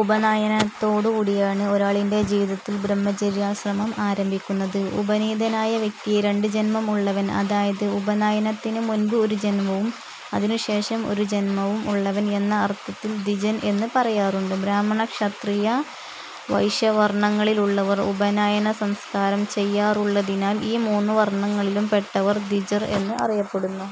ഉപനയനത്തോടുകൂടിയാണ് ഒരാളിന്റെ ജീവിതത്തിൽ ബ്രഹ്മചര്യാശ്രമം ആരംഭിക്കുന്നത്. ഉപനീതനായ വ്യക്തിയെ 'രണ്ട് ജന്മം ഉള്ളവൻ', അതായത് ഉപനയനത്തിന് മുൻപ് ഒരു ജന്മവും അതിനുശേഷം ഒരു ജന്മവും ഉള്ളവൻ, എന്ന അർത്ഥത്തിൽ ദ്വിജൻ എന്ന് പറയാറുണ്ട്. ബ്രാഹ്മണക്ഷത്രിയവൈശ്യവർണങ്ങളിലുള്ളവർ ഉപനയനസംസ്കാരം ചെയ്യാറുള്ളതിനാൽ ഈ മൂന്നു വർണങ്ങളിലും പെട്ടവർ ദ്വിജർ എന്ന് അറിയപ്പെടുന്നു.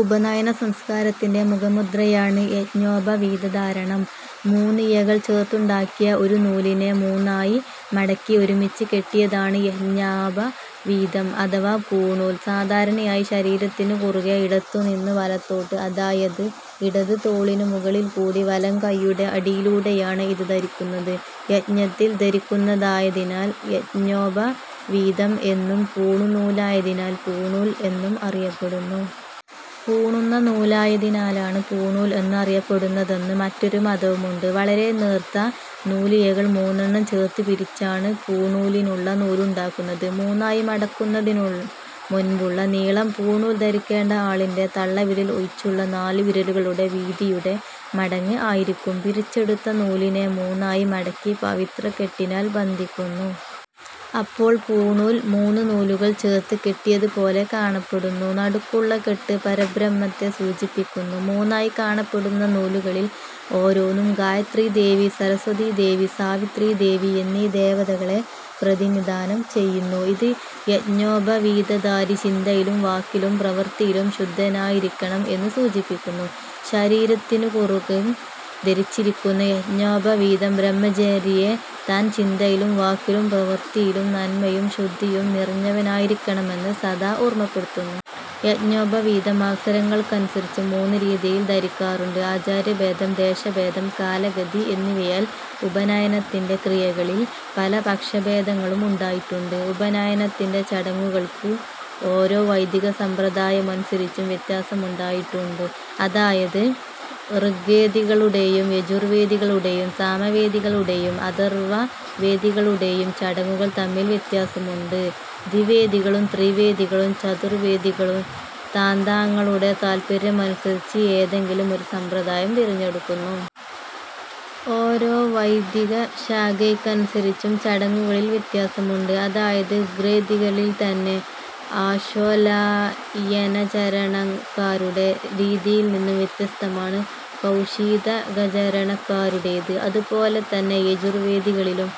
ഉപനയനസംസ്കാരത്തിന്റെ മുഖമുദ്രയണ് യജ്ഞോപവീതധാരണം. മൂന്നിഴകൾചേർത്തുണ്ടാക്കിയ ഒരു നൂലിനെ മൂന്നായി മടക്കി ഒരുമിച്ച് കെട്ടിയതാണ് യജ്ഞോപവീതം അഥവാ പൂണൂൽ. സാധാരണയായി ശരീരത്തിനു കുറുകെ ഇടത്തുനിന്ന് വലത്തോട്ട്, അതായത് ഇടത് തോളിനു മുകളിൽക്കൂടി വലംകയ്യുടെ അടിയിലൂടെയാണ് ഇത് ധരിക്കുന്നത്. യജ്ഞത്തിൽ ധരിക്കുന്നതായതിനാൽ യജ്ഞോപവീതം എന്നും പുണ്യനൂലായതിനാൽ പൂണൂൽ എന്നും അറിയപ്പെടുന്നു. പൂണുന്ന നൂലായതിനാലാണ് പൂണൂൽ എന്ന് അറിയപ്പെടുന്നതെന്ന് മറ്റൊരു മതവുമുണ്ട്. വളരെ നേർത്ത നൂലിഴകൾ മൂന്നെണ്ണം ചേർത്ത് പിരിച്ചാണ് പൂണൂലിനുള്ള നൂലുണ്ടാക്കുന്നത്. മൂന്നായി മടക്കുന്നതിനു മുൻപുള്ള നീളം പൂണൂൽ ധരിക്കേണ്ട ആളിന്റെ തള്ളവിരൽ ഒഴിച്ചുള്ള നാലുവിരലുകളുടെ വീതിയുടെ മടങ്ങ് ആയിരിക്കും. പിരിച്ചെടുത്ത നൂലിനെ മൂന്നായി മടക്കി പവിത്രക്കെട്ടിനാൽ ബന്ധിക്കുന്നു. അപ്പോൾ പൂണൂൽ മൂന്ന് നൂലുകൾ ചേർത്ത് കെട്ടിയതുപോലെകാണപ്പെടുന്നു. നടുക്കുള്ള കെട്ട് പരബ്രഹ്മത്തെ സൂചിപ്പിക്കുന്നു. മൂന്നായി കാണപ്പെടുന്ന നൂലുകളിൽ ഓരോന്നും ഗായത്രീദേവി, സരസ്വതീദേവി സാവിത്രീദേവി, എന്നീ ദേവതകളെ പ്രതിനിധാനം ചെയ്യുന്നു. ഇത്, യജ്ഞോപവീതധാരി ചിന്തയിലും വാക്കിലും പ്രവൃത്തിയിലും ശുദ്ധനായിരിക്കണം എന്ന് സൂചിപ്പിക്കുന്നു. ശരീരത്തിനുകുറുകെ ധരിച്ചിരിക്കുന്ന യജ്ഞോപവീതം ബ്രഹ്മചാരിയെ താൻ ചിന്തയിലും വാക്കിലും പ്രവൃത്തിയിലും നന്മയും ശുദ്ധിയും നിറഞ്ഞവനായിരിക്കണമെന്ന് സദാ ഓർമപ്പെടുത്തുന്നു. യജ്ഞോപവീതം അവസരങ്ങൾക്കനുസരിച്ച് മൂന്ന് രീതിയിൽ ധരിക്കാറുണ്ട്. ആചാര്യഭേദം, ദേശഭേദം, കാലഗതി എന്നിവയാൽ ഉപനയനത്തിന്റെ ക്രിയകളിൽ പല പക്ഷഭേദങ്ങളും ഉണ്ടായിട്ടുണ്ട്. ഉപനയനത്തിന്റെ ചടങ്ങുകൾക്ക് ഓരോ വൈദികസമ്പ്രദായമനുസരിച്ചും വ്യത്യാസമുണ്ടായിട്ടുണ്ടു്. അതായത് ഋഗ്വേദികളുടെയും യജുർവേദികളുടെയും സാമവേദികളുടെയും അഥർവവേദികളുടെയും ചടങ്ങുകൾ തമ്മിൽ വ്യത്യാസമുണ്ട്. ദ്വിവേദികളും ത്രിവേദികളും ചതുർവേദികളും താന്താങ്ങളുടെ താൽപര്യമനുസരിച്ച് ഏതെങ്കിലും ഒരു സമ്പ്രദായം തിരഞ്ഞെടുക്കുന്നു. ഓരോ വൈദികശാഖയ്ക്കനുസരിച്ചും ചടങ്ങുകളിൽ വ്യത്യാസമുണ്ട്. അതായത്, ഋഗ്വേദികളിൽത്തന്നെ ആശ്വലായനചരണക്കാരുടെ രീതിയിൽ നിന്നും വ്യത്യസ്തമാണ് കൗഷീതകചരണക്കാരുടേത്. അതുപോലെതന്നെ യജുർവേദികളിലും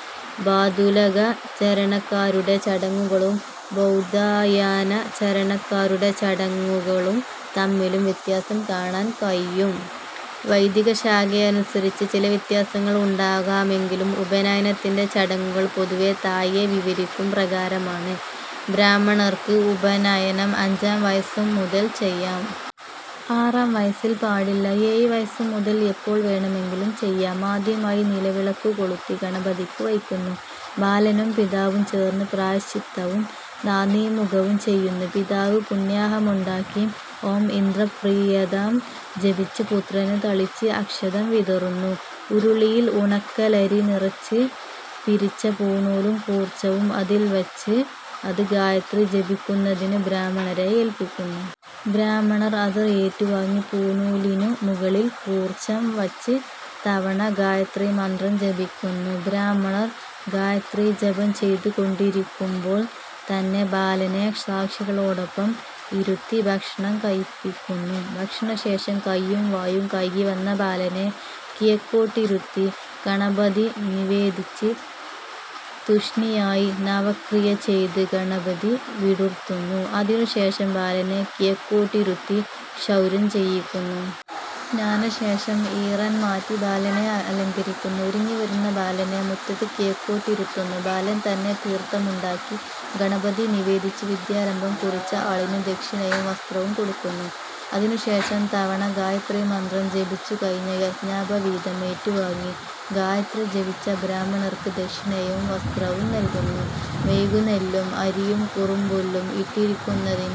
ബാധൂലകചരണക്കാരുടെ ചടങ്ങുകളും ബൗധായനചരണക്കാരുടെ ചടങ്ങുകളും തമ്മിലും വ്യത്യാസം കാണാൻ കഴിയും. വൈദികശാഖയനുസരിച്ച് ചിലവ്യത്യാസങ്ങൾ ഉണ്ടാകാമെങ്കിലും ഉപനയനത്തിന്റെ ചടങ്ങുകൾ പൊതുവെ താഴെ വിവരിക്കും പ്രകാരമാണ്. ബ്രാഹ്മണർക്ക് ഉപനയനം അഞ്ചാം വയസ്സുമുതൽ ചെയ്യാം. ആറാം വയസ്സിൽ പാടില്ല. ഏഴുവയസ്സുമുതൽ എപ്പോൾ വേണമെങ്കിലും ചെയ്യാം. ആദ്യമായി നിലവിളക്കുകൊളുത്തി ഗണപതിക്ക് വയ്ക്കുന്നു. ബാലനും പിതാവും ചേർന്ന് പ്രായശ്ചിത്തവും നാന്ദീമുഖവും ചെയ്യുന്നു. പിതാവ് പുണ്യാഹമുണ്ടാക്കി "ഓം ഇന്ദ്രപ്രീയതാം" ജപിച്ച് പുത്രന് തളിച്ച് അക്ഷതം വിതറുന്നു. ഉരുളിയിൽ ഉണക്കലരി നിറച്ച് പിരിച്ച പൂണൂലും കൂർച്ചവും അതിൽ വച്ച് അത് ഗായത്രി ജപിക്കുന്നതിന് ബ്രാഹ്മണരെ ഏല്പിക്കുന്നു. ബ്രാഹ്മണർ അത് ഏറ്റുവാങ്ങി പൂണൂലിനുമുകളിൽ കൂർച്ചം വച്ച് തവണ ഗായത്രീമന്ത്രം ജപിക്കുന്നു.. ബ്രാഹ്മണർ ഗായത്രീജപം ചെയ്തുകൊണ്ടിരിക്കുമ്പോൾത്തന്നെ ബാലനെ സാക്ഷികളോടൊപ്പം ഇരുത്തി ഭക്ഷണം കഴിപ്പിക്കുന്നു. ഭക്ഷണശേഷം കൈയും വായും കഴുകിവന്ന ബാലനെ കിഴക്കോട്ടിരുത്തി ഗണപതിനിവേദിച്ച് തുഷ്ണിയായി നവക്രിയചെയ്ത് ഗണപതി വിടുർത്തുന്നു. അതിനു് ശേഷം ബാലനെ കിഴക്കോട്ടിരുത്തി ക്ഷൗരം ചെയ്യിക്കുന്നു. സ്നാനശേഷം ഈറൻ മാറ്റി ബാലനെ അലങ്കരിക്കുന്നു. ഒരുങ്ങിവരുന്ന ബാലനെ മുറ്റത്ത് കിഴക്കോട്ടിരുത്തുന്നു. ബാലൻ തന്നെ തീർഥമുണ്ടാക്കി ഗണപതി നിവേദിച്ച് വിദ്യാരംഭം കുറിച്ച ആളിന് ദക്ഷിണയും വസ്ത്രവും കൊടുക്കുന്നു. അതിനുശേഷം തവണ ഗായത്രീമന്ത്രം ജപിച്ചുകഴിഞ്ഞ യജ്ഞോപവീതം ഏറ്റുവാങ്ങി ഗായത്രി ജപിച്ച ബ്രാഹ്മണർക്ക് ദക്ഷിണയും വസ്ത്രവും നൽകുന്നു. മെഴുകി നെല്ലും അരിയും കുറുമ്പുല്ലും ഇട്ടിരിക്കുന്നതിൽ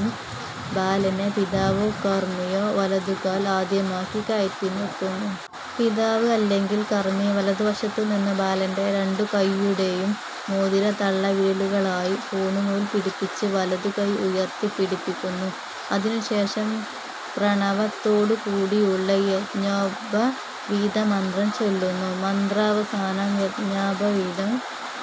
ബാലനെ പിതാവോ കർമിയോ വലതുകാൽ ആദ്യമാക്കി കയറ്റി നിർത്തുന്നു. പിതാവ് അല്ലെങ്കിൽ കർമി വലതുവശത്തുനിന്ന് ബാലന്റെ രണ്ടുകയ്യുടെയും മോതിര-തള്ളവിരലുകലായി പൂണുനൂൽ പിടിപ്പിച്ച് വലതുകൈ ഉയർത്തിപ്പിടിപ്പിക്കുന്നു. അതിനു് ശേഷം പ്രണവത്തോടുകൂടിയുള്ള യജ്ഞോപവീതമന്ത്രം ചൊല്ലുന്നു. മന്ത്രാവസാനം യജ്ഞോപവീതം